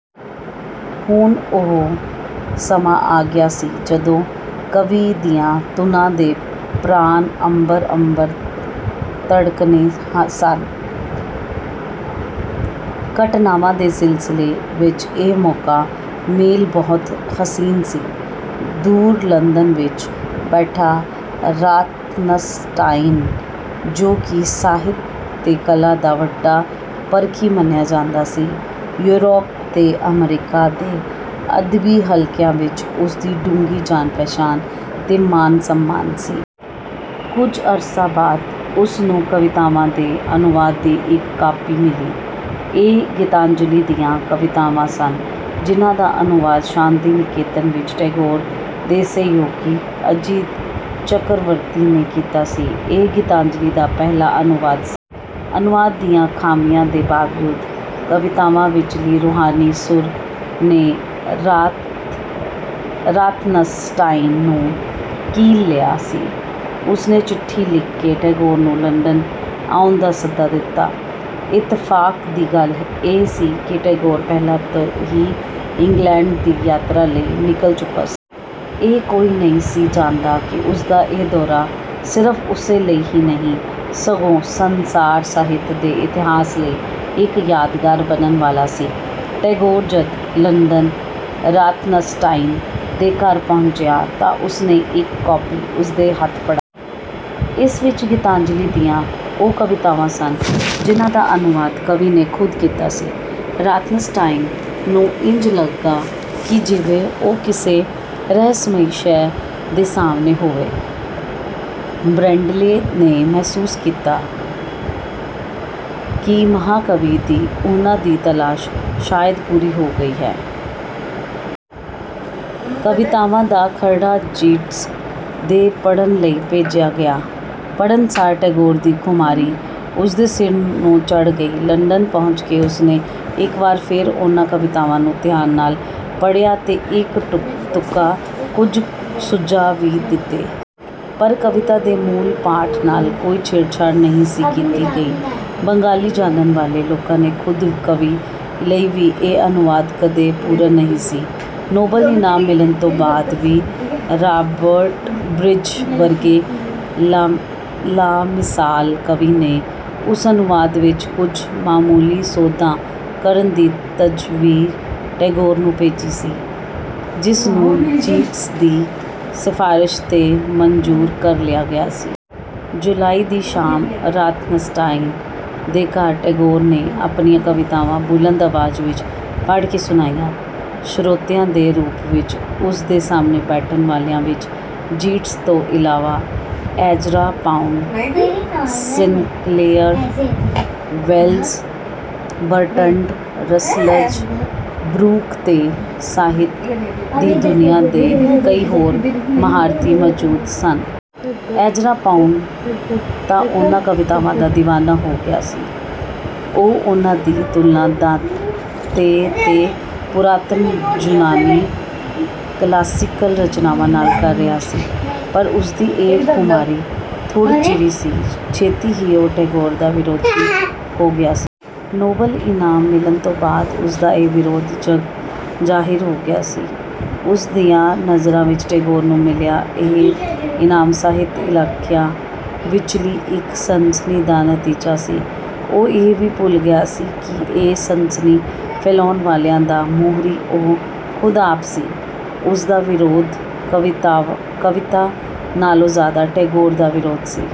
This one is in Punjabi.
ਹੁਣ ਉਹ ਸਮਾਂ ਆਗਿਆ ਸੀ ਜਦੋਂ ਕਵੀ ਦੀਆਂ ਧੁਨਾਂ ਦੇ ਪ੍ਰਾਣ ਅੰਬਰ-ਅੰਬਰ ਧੜਕਨੇ ਸਨ। ਘਟਨਾਵਾਂ ਦੇ ਸਿਲਸਿਲੇ ਵਿੱਚ ਇਹ ਮੌਕਾ-ਮੇਲ ਬਹੁਤ ਹਸੀਨ ਸੀ। ਦੂਰ ਲੰਦਨ ਵਿੱਚ ਬੈਠਾ ਰਾਥਨਸਟਾਈਨ, ਜੋ ਕਿ ਸਾਹਿਤ ਤੇ ਕਲਾ ਦਾ ਵੱਡਾ ਪਰਖੀ ਮੰਨਿਆ ਜਾਂਦਾ ਸੀ, ਯੂਰੋਪ ਤੇ ਅਮਰੀਕਾ ਦੇ ਅਦਬੀ ਹਲਕਿਆਂ ਵਿੱਚ ਉਸਦੀ ਡੂੰਘੀ ਜਾਣ-ਪਛਾਣ ਤੇ ਮਾਣ-ਸਨਮਾਨ ਸੀ। ਕੁਝ ਅਰਸਾ ਬਾਦ ਉਸਨੂੰ ਕਵਿਤਾਵਾਂ ਦੇ ਅਨੁਵਾਦ ਦੀ ਇੱਕ ਕਾਪੀ ਮਿਲੀ, ਇਹ ਗੀਤਾਂਜਲੀ ਦੀਆਂ ਕਵਿਤਾਵਾਂ ਸਨ ਜਿਨ੍ਹਾ ਦਾ ਅਨੁਵਾਦ ਸ਼ਾਂਤੀ-ਨਿਕੇਤਨ ਵਿੱਚ ਟੈਗੋਰ ਦੇ ਸਹਿਯੋਗੀ ਅਜਿਤ ਚਕਰਵਰਤੀ ਨੇ ਕੀਤਾ ਸੀ, ਇਹ ਗੀਤਾਂਜਲੀ ਦਾ ਪਹਿਲਾ ਅਨੁਵਾਦ ਸੀ। ਅਨੁਵਾਦ ਦੀਆਂ ਖਾਮੀਆਂ ਦੇ ਬਾਵਜੂਦ ਕਵਿਤਾਵਾਂ ਵਿੱਚਲੀ ਰੂਹਾਨੀ ਸੁਰ ਨੇ ਰਾਥਨਸਟਾਈਨ ਨੂੰ ਕੀਲ ਲਿਆ ਸੀ। ਉਸਨੇ ਚਿੱਠੀ ਲਿਖ ਕੇ ਟੈਗੋਰ ਨੂੰ ਲੰਦਨ ਆਉਣ ਦਾ ਸੱਦਾ ਦਿਤਾ। ਇੱਤਫ਼ਾਕ ਦੀ ਗੱਲ ਇਹ ਸੀ ਕਿ ਟੈਗੋਰ ਪਹਿਲਾਂ ਹੀ ਇੰਗਲੈਂਡ ਦੀ ਯਾਤਰਾ ਲਈ ਨਿਕਲ ਚੁੱਕਾ ਸੀ। ਇਹ ਕੋਈ ਨਹੀਂ ਸੀ ਜਾਣਦਾ ਕਿ ਉਸਦਾ ਇਹ ਦੌਰਾ ਸਿਰਫ਼ ਉਸੇ ਲਈ ਹੀ ਨਹੀਂ ਸਗੋਂ ਸਂਸਾਰ ਸਾਹਿਤ ਦੇ ਇਤਿਹਾਸ ਲਈ ਇੱਕ ਯਾਦਗਾਰ ਬਣਨ ਵਾਲਾ ਸੀ। ਟੈਗੋਰ ਜਦ ਲੰਦਨ ਰਾਥਨਸਟਾਈਨ ਦੇ ਘਰ ਪਹੁੰਚਿਆ ਤਾਂ ਉਸਨੇ ਇੱਕ ਕਾਪੀ ਉਸਦੇ ਹੱਥ ਫ਼ੜਾਈ। ਇਸ ਵਿੱਚ ਗੀਤਾਂਜਲੀ ਦੀਆਂ ਉਹ ਕਵਿਤਾਵਾਂ ਸਨ ਜਿਨ੍ਹਾ ਦਾ ਅਨੁਵਾਦ ਕਵੀ ਨੇ ਖੁਦ ਕੀਤਾ ਸੀ। ਰਾਥਨਸਟਾਈਨ ਨੂੰ ਇੰਜ ਲੱਗਾ ਕਿ ਜਿਵੇਂ ਉਹ ਕਿਸੇ ਰਹਸਮਈ ਸ਼ੈਅ ਦੇ ਸਾਹਮਣੇ ਹੋਵੇ। ਬ੍ਰੈਡਲੇ ਨੇ ਮਹਿਸੂਸ ਕੀਤਾ ਕਿ ਮਹਾਕਵੀ ਦੀ ਉਨ੍ਹਾ ਦੀ ਤਲਾਸ਼ ਸ਼ਾਇਦ ਪੂਰੀ ਹੋ ਗਈ ਹੈ। ਕਵਿਤਾਵਾਂ ਦਾ ਖਰੜਾ ਯੀਟਸ ਦੇ ਪੜਣ ਲਈ ਭੇਜਿਆ ਗਿਆ। ਪੜਣਸਾਰ ਟੈਗੋਰ ਦੀ ਖੁਮਾਰੀ ਉਸਦੇ ਸਿਰ ਨੂੰ ਚੜ ਗਈ। ਲੰਦਨ ਪਹੁੰਚ ਕੇ ਉਸਨੇ ਇੱਕ ਵਾਰ ਫੇਰ ਉਨ੍ਹਾ ਕਵਿਤਾਵਾਂ ਨੂੰ ਧਿਆਨ ਨਾਲ ਪੜਿਆ ਤੇ ਇੱਕ-ਤੁੱਕਾ ਕੁਝ ਸੁਝਾ ਵੀ ਦਿੱਤੇ। ਪਰ ਕਵਿਤਾ ਦੇ ਮੂਲ ਪਾਠ ਨਾਲ ਕੋਈ ਛੇੜ-ਛਾੜ ਨਹੀਂ ਸੀ ਕੀਤੀ ਗਈ। ਬੰਗਾਲੀ ਜਾਣਨ ਵਾਲੇ ਲੋਕਾਂ ਨੇ ਖੁਦ ਕਵੀ ਲਈ ਵੀ ਇਹ ਅਨੁਵਾਦ ਕਦੇ ਪੂਰਣ ਨਹੀਂ ਸੀ। ਨੋਬਲ ਇਨਾਮ ਮਿਲਣ ਤੋਂ ਬਾਦ ਵੀ ਰਾਬਰਟ ਬ੍ਰਿਜ ਵਰਗੇ ਲਾਮਿਸਾਲ ਕਵੀ ਨੇ ਉਸ ਅਨੁਵਾਦ ਵਿੱਚ ਕੁਝ ਮਾਮੂਲੀ ਸੋਧਾਂ ਕਰਨ ਦੀ ਤਜਵੀਜ ਟੈਗੋਰ ਨੂੰ ਭੇਜੀ ਸੀ, ਜਿਸਨੂੰ ਯੀਟਸ ਦੀ ਸਿਫ਼ਾਰਸ਼ 'ਤੇ ਮੰਜ਼ੂਰ ਕਰ ਲਿਆ ਗਿਆ ਸੀ। ਜੁਲਾਈ ਦੀ ਸ਼ਾਮ ਰਾਥਨਸਟਾਈਨ ਦੇ ਘਰ ਟੈਗੋਰ ਨੇ ਆਪਣੀਆਂ ਕਵਿਤਾਵਾਂ ਬੁਲੰਦ ਆਵਾਜ਼ ਵਿੱਚ ਪੜ ਕੇ ਸੁਣਾਈਆਂ। ਸ਼ਰੋਤਿਆਂ ਦੇ ਰੂਪ ਵਿੱਚ ਉਸਦੇ ਸਾਹਮਣੇ ਬੈਠਣ ਵਾਲਿਆਂ ਵਿੱਚ ਯੀਟਸ ਤੋਂ ਇਲਾਵਾ, Ezra Pound, Sinclair, Wells, Bertrand Russells, Brooke ਤੇ ਸਾਹਿਤ ਦੀ ਦੁਨੀਆ ਦੇ ਕਈ ਹੋਰ ਮਹਾਰਥੀ ਮੌਜੂਦ ਸਨ। ਐਜ਼ਰਾ ਪਾਉਂਡ ਤਾਂ ਉਨ੍ਹਾ ਕਵਿਤਾਵਾਂ ਦਾ ਦੀਵਾਨਾ ਹੋ ਗਿਆ ਸੀ। ਉਹ ਉਨ੍ਹਾ ਦੀ ਤੁਲਨਾ ਦਾਂਤੇ ਤੇ ਪੁਰਾਤਨ ਯੂਨਾਨੀ ਕਲਾਸੀਕਲ ਰਚਨਾਵਾਂ ਨਾਲ ਕਰ ਰਿਹਾ ਸੀ। ਪਰ ਉਸਦੀ ਇਹ ਖੁਮਾਰੀ ਥੁੜ ਚਿਰੀ ਸੀ, ਛੇਤੀ ਹੀ ਉਹ ਟੈਗੋਰ ਦਾ ਵਿਰੋਧੀ ਹੋ ਗਿਆ ਸੀ। ਨੋਬਲ ਈਨਾਮ ਮਿਲਣ ਤੋਂ ਬਾਦ ਉਸਦਾ ਇਹ ਵਿਰੋਧ ਜਗ ਜ਼ਾਹਿਰ ਹੋ ਗਿਆ ਸੀ। ਉਸ ਦੀਆਂ ਨਜ਼ਰਾਂ ਵਿੱਚ ਟੈਗੋਰ ਨੂੰ ਮਿਲਿਆ ਇਹ ਈਨਾਮ ਸਾਹਿਤਕ ਇਲਾਕਿਆਂ ਵਿਚਲੀ ਇੱਕ ਸਨਸਨੀ ਦਾ ਨਤੀਜਾ ਸੀ। ਉਹ ਇਹ ਵੀ ਭੁੱਲ ਗਿਆ ਸੀ ਕਿ ਇਹ ਸਨਸਨੀ ਫੈਲਾਉਣ ਵਾਲਿਆਂ ਦਾ ਮੋਹਰੀ ਉਹ ਖੁਦ ਆਪ ਸੀ। ਉਸਦਾ ਵਿਰੋਧ ਕਵਿਤਾ ਨਾਲੋਂ ਜ਼ਿਆਦਾ ਟੈਗੋਰ ਦਾ ਵਿਰੋਧ ਸੀ।